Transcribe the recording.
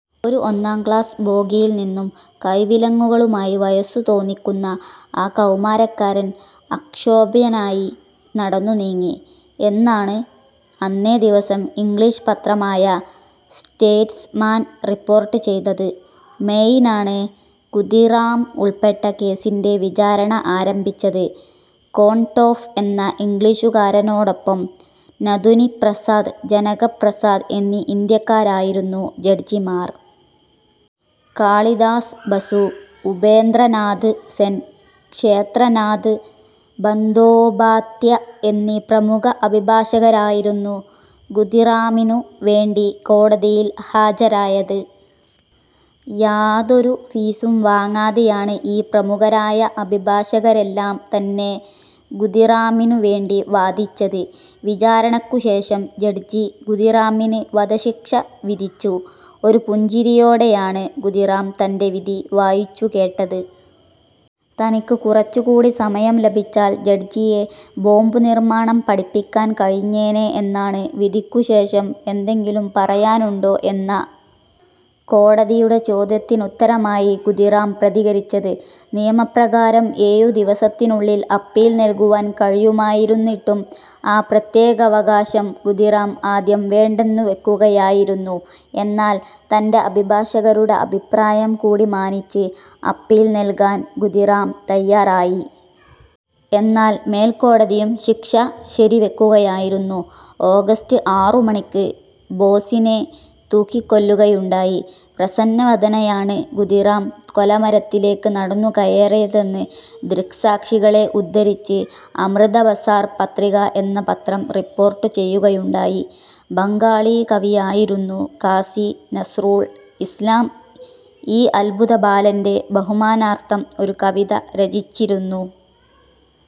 ഒരു ഒന്നാം ക്ലാസ്സ് ബോഗിയിൽ നിന്നും കൈവിലങ്ങുകളുമായി വയസ്സു തോന്നിക്കുന്ന ആ കൗമാരക്കാരൻ അക്ഷോഭ്യനായി നടന്നു നീങ്ങി, എന്നാണ് അന്നേ ദിവസം ഇംഗ്ലീഷ് പത്രമായ സ്റ്റേറ്റ്സ്മാൻ റിപ്പോർട്ട് ചെയ്തത്. മെയ് നാണ് ഖുദീറാം ഉൾപ്പെട്ട കേസിന്റെ വിചാരണ ആരംഭിച്ചത്. കോൺടോഫ് എന്ന ഇംഗ്ലീഷുകാരനോടൊപ്പം, നഥുനിപ്രസാദ്, ജനകപ്രസാദ് എന്നീ ഇന്ത്യക്കാരായിരുന്നു ജഡ്ജിമാർ. കാളിദാസ് ബസു, ഉപേന്ദ്രനാഥ് സെൻ, ക്ഷേത്രനാഥ് ബന്ധോപാധ്യാ എന്നീ പ്രമുഖ അഭിഭാഷകരായിരുന്നു ഖുദീറാമിനു വേണ്ടി കോടതിയിൽ ഹാജരായത്. യാതൊരു ഫീസും വാങ്ങാതെയാണ് ഈ പ്രമുഖരായ അഭിഭാഷകരെല്ലാം തന്നെ ഖുദീറാമിനു വേണ്ടി വാദിച്ചത്. വിചാരണക്കുശേഷം, ജഡ്ജി ഖുദീറാമിന് വധശിക്ഷ വിധിച്ചു. ഒരു പുഞ്ചിരിയോടെയാണ് ഖുദീറാം തന്റെ വിധി വായിച്ചു കേട്ടത്. തനിക്കു കുറച്ചു കൂടി സമയം ലഭിച്ചാൽ ജഡ്ജിയെ ബോംബു നിർമ്മാണം പഠിപ്പിക്കാൻ കഴിഞ്ഞേനെ എന്നാണ് വിധിക്കു ശേഷം എന്തെങ്കിലും പറയാനുണ്ടോ എന്ന കോടതിയുടെ ചോദ്യത്തിനുത്തരമായി ഖുദീറാം പ്രതികരിച്ചത്. നിയമപ്രകാരം ഏഴു ദിവസത്തിനുള്ളിൽ അപ്പീൽ നൽകുവാൻ കഴിയുമായിരുന്നിട്ടും, ആ പ്രത്യേകാവകാശം ഖുദീറാം ആദ്യം വേണ്ടെന്നു വെക്കുകയായിരുന്നു. എന്നാൽ തന്റെ അഭിഭാഷകരുടെ അഭിപ്രായം കൂടി മാനിച്ച്, അപ്പീൽ നൽകാൻ ഖുദീറാം തയ്യാറായി. എന്നാൽ മേൽക്കോടതിയും ശിക്ഷ ശരി വെക്കുകയായിരുന്നു. ഓഗസ്റ്റ്, ആറുമണിക്ക് ബോസിനെ തൂക്കിക്കൊല്ലുകയുണ്ടായി. പ്രസന്നവദനായാണ് ഖുദീറാം കൊലമരത്തിലേക്ക് നടന്നു കയറിയതെന്ന് ദൃക്സാക്ഷികളെ ഉദ്ധരിച്ച് അമൃതബസാർ പത്രിക എന്ന പത്രം റിപ്പോർട്ടു ചെയ്യുകയുണ്ടായി. ബംഗാളി കവിയായിരുന്നു കാസി നസ്രുൾ ഇസ്ലാം, ഈ അത്ഭുത ബാലന്റെ ബഹുമാനാർത്ഥം ഒരു കവിത രചിച്ചിരുന്നു.